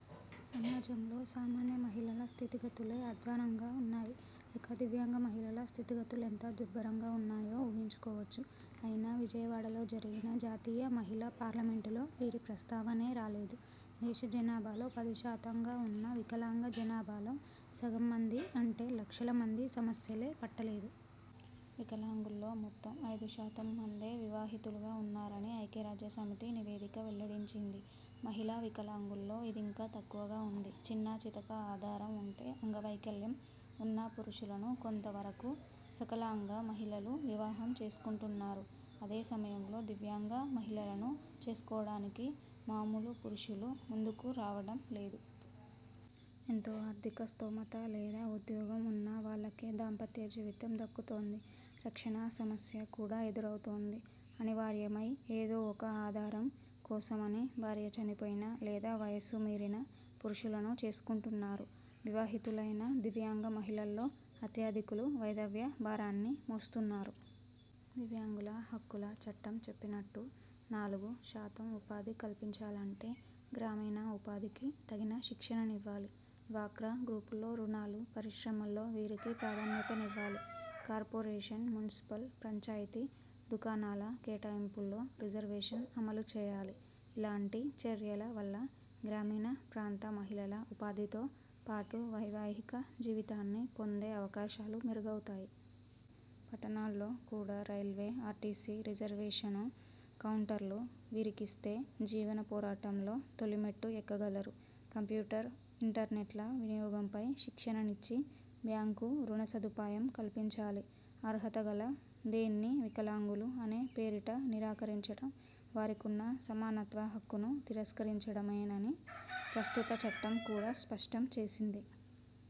సమాజంలో సామాన్య మహిళల స్థితిగతులే అధ్వానంగా ఉన్నాయి. ఇక దివ్యాంగ మహిళల స్థితిగతులెంత దుర్భరంగా ఉన్నాయో ఊహించుకోవచ్చు. అయినా విజయవాడలో జరిగిన జాతీయ మహిళా పార్లమెంటులో వీరి ప్రస్తావనే రాలేదు. దేశ జనాభాలో పది శాతంగా ఉన్న వికలాంగ జనాభాలో సగం మంది అంటే లక్షల మంది సమస్యలే పట్టలేదు. వికలాంగుల్లో మొత్తం ఐదు శాతం మందే వివాహితులుగా ఉన్నారని ఐక్యరాజ్య సమితి నివేదిక వెల్లడించింది. మహిళా వికలాంగుల్లో ఇదింకా తక్కువగా ఉంది. చిన్నాచితక ఆధారం ఉంటే అంగవైకల్యం ఉన్న పురుషులను కొంత వరకూ సకలాంగ మహిళలు వివాహం చేసుకుంటున్నారు. అదే సమయంలో దివ్యాంగ మహిళలను చేసుకోవడానికి మామూలు పురుషులు ముందుకు రావడం లేదు. ఎంతో ఆర్థిక స్థోమత లేదా ఉద్యోగం ఉన్న వాళ్ళకే దాంపత్య జీవితం దక్కుతోంది. రక్షణ సమస్య కూడా ఎదురౌతోంది. అనివార్యమై ఏదో ఒక ఆధారం కోసమని భార్య చనిపోయిన లేదా వయసు మీరిన పురుషులను చేసుకుంటున్నారు. వివాహితులైన దివ్యాంగ మహిళల్లో అత్యధికులు వైధవ్య భారాన్ని మోస్తున్నారు. దివ్యాంగుల హక్కుల చట్టం చెప్పినట్టు నాలుగు శాతం ఉపాధి కల్పించాలంటే గ్రామీణ ఉపాధికి తగిన శిక్షణనివ్వాలి. డ్వాక్రా గ్రూపుల్లో రుణాలు, పరిశ్రమల్లో వీరికి ప్రాధాన్యతనివ్వాలి. కార్పొరేషన్, మున్సిపల్, పంచాయతీ దుకాణాల కేటాయింపుల్లో రిజర్వేషన్ అమలుచేయాలి. ఇలాంటి చర్యల వల్ల గ్రామీణ ప్రాంత మహిళల ఉపాధితో పాటు వైవాహిక జీవితాన్ని పొందే అవకాశాలు మెరుగౌతాయి. పట్టణాల్లో కూడా రైల్వే, ఆర్టీసీ రిజర్వేషను కౌంటర్లు వీరికిస్తే జీవన పోరాటంలో తొలి మెట్టు ఎక్కగలరు. కంప్యూటర్, ఇంటర్నెట్ల వినియోగంపై శిక్షణనిచ్చి, బ్యాంకు రుణసదుపాయం కల్పించాలి. అర్హతగల దేన్నీ వికలాంగులు అనే పేరిట నిరాకరించడం వారికున్న సమానత్వ హక్కును తిరస్కరించడమేనని ప్రస్తుత చట్టం కూడా స్పష్టం చేసింది.